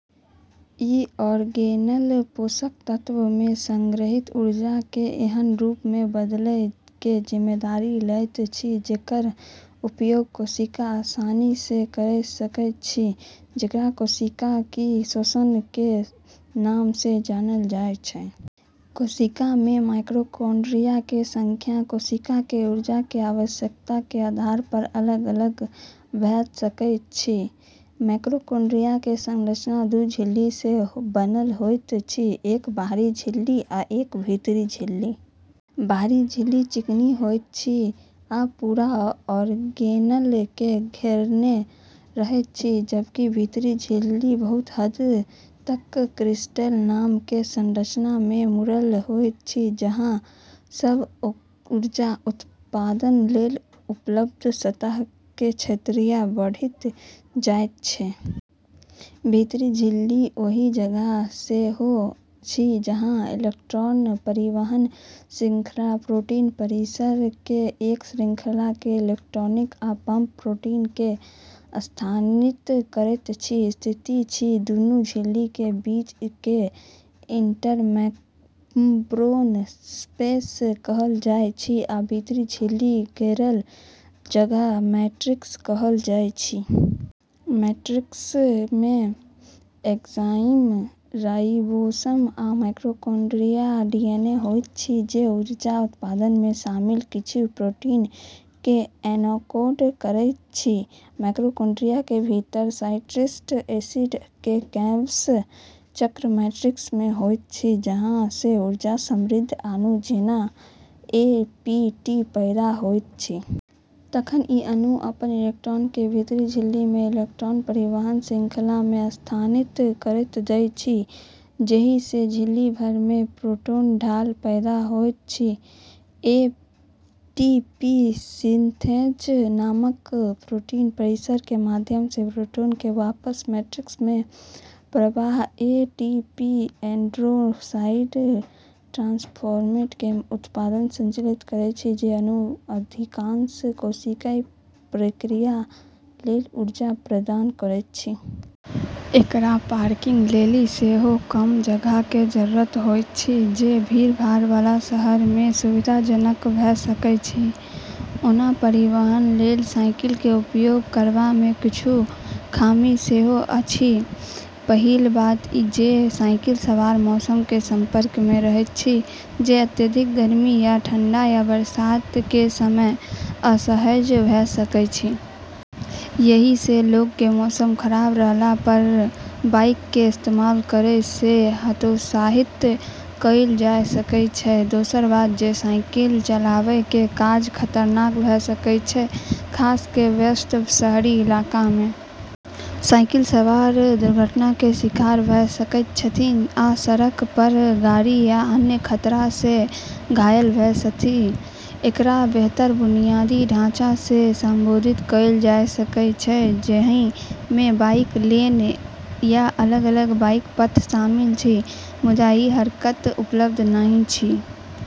ई organelle पोषक तत्व मे संग्रहित ऊर्जा के एनह रूप मे बदलय के जिम्मेदारी लैत अछि जेकर उपयोग कोशिका आसानी सँ कए सकैत अछि, जेकरा कोशिकीय श्वसन के नाम सँ जानल जाय छै। कोशिका मे माइटोकॉन्ड्रिया के संख्या कोशिका के ऊर्जा के आवश्यकता के आधार पर अलग-अलग भ' सकैत अछि। माइटोकॉन्ड्रिया के संरचना दू झिल्ली सँ बनल होइत अछि: एक बाहरी झिल्ली आ एक भीतरी झिल्ली। बाहरी झिल्ली चिकनी होइत अछि आ पूरा ऑर्गेनेल के घेरने रहैत अछि, जबकि भीतरी झिल्ली बहुत हद तक क्रिस्टे नाम के संरचना मे मुड़ल होइत अछि, जाहि सँ ऊर्जा उत्पादन लेल उपलब्ध सतह के क्षेत्रफल बढ़ि जाय छै। भीतरी झिल्ली ओहि जगह सेहो अछि जहाँ इलेक्ट्रॉन परिवहन श्रृंखला, प्रोटीन परिसर के एक श्रृंखला जे इलेक्ट्रॉन आ पंप प्रोटॉन के स्थानांतरित करैत अछि, स्थित अछि। दुनू झिल्ली के बीच के जगह के इंटरमेम्ब्रेन स्पेस कहल जाय छै, आ भीतरी झिल्ली द्वारा घेरल जगह के मैट्रिक्स कहल जाय छै। मैट्रिक्स मे एंजाइम, राइबोसोम आ माइटोकॉन्ड्रिया डीएनए होइत अछि, जे ऊर्जा उत्पादन मे शामिल किछु प्रोटीन के एन्कोड करैत अछि। माइटोकॉन्ड्रिया के भीतर साइट्रिक एसिड या क्रेब्स चक्र मैट्रिक्स मे होइत अछि, जाहि सँ ऊर्जा-समृद्ध अणु जेनाएटीपी पैदा होइत अछि। तखन ई अणु अपन इलेक्ट्रॉन के भीतरी झिल्ली मे इलेक्ट्रॉन परिवहन श्रृंखला मे स्थानांतरित कए दैत अछि, जाहि सँ झिल्ली भर मे प्रोटॉन ढाल पैदा होइत अछि। एटीपी सिन्थेज नामक प्रोटीन परिसर के माध्यम सँ प्रोटॉन के वापस मैट्रिक्स मे प्रवाह एटीपी एडेनोसाइन ट्राइफॉस्फेट के उत्पादन के संचालित करैत अछि, जे अणु अधिकांश कोशिकीय प्रक्रिया लेल ऊर्जा प्रदान करैत अछि। एकरा पार्किंग लेल सेहो कम जगह के जरूरत होइत अछि, जे भीड़भाड़ वाला शहर मे सुविधाजनक भ' सकैत अछि। ओना परिवहन लेल साइकिल के उपयोग करबा मे किछु खामी सेहो अछि। पहिल बात जे साइकिल सवार मौसम के संपर्क मे रहैत छथि, जे अत्यधिक गर्मी या ठंडा, या बरसात के समय असहज भ' सकैत अछि। एहि सँ लोक के मौसम खराब रहला पर बाइक के इस्तेमाल करय सँ हतोत्साहित कएल जा सकैत अछि। दोसर बात जे साइकिल चलाबय के काज खतरनाक भ' सकैत अछि, खास क' व्यस्त शहरी इलाका मे। साइकिल सवार दुर्घटना के शिकार भ' सकैत छथि, आ सड़क पर गाड़ी या अन्य खतरा सँ घायल भ' सकैत छथि। एकरा बेहतर बुनियादी ढाँचा सँ संबोधित कएल जा सकैत अछि, जाहि मे बाइक लेन या अलग-अलग बाइक पथ शामिल अछि, मुदा ई हरदम उपलब्ध नहि अछि।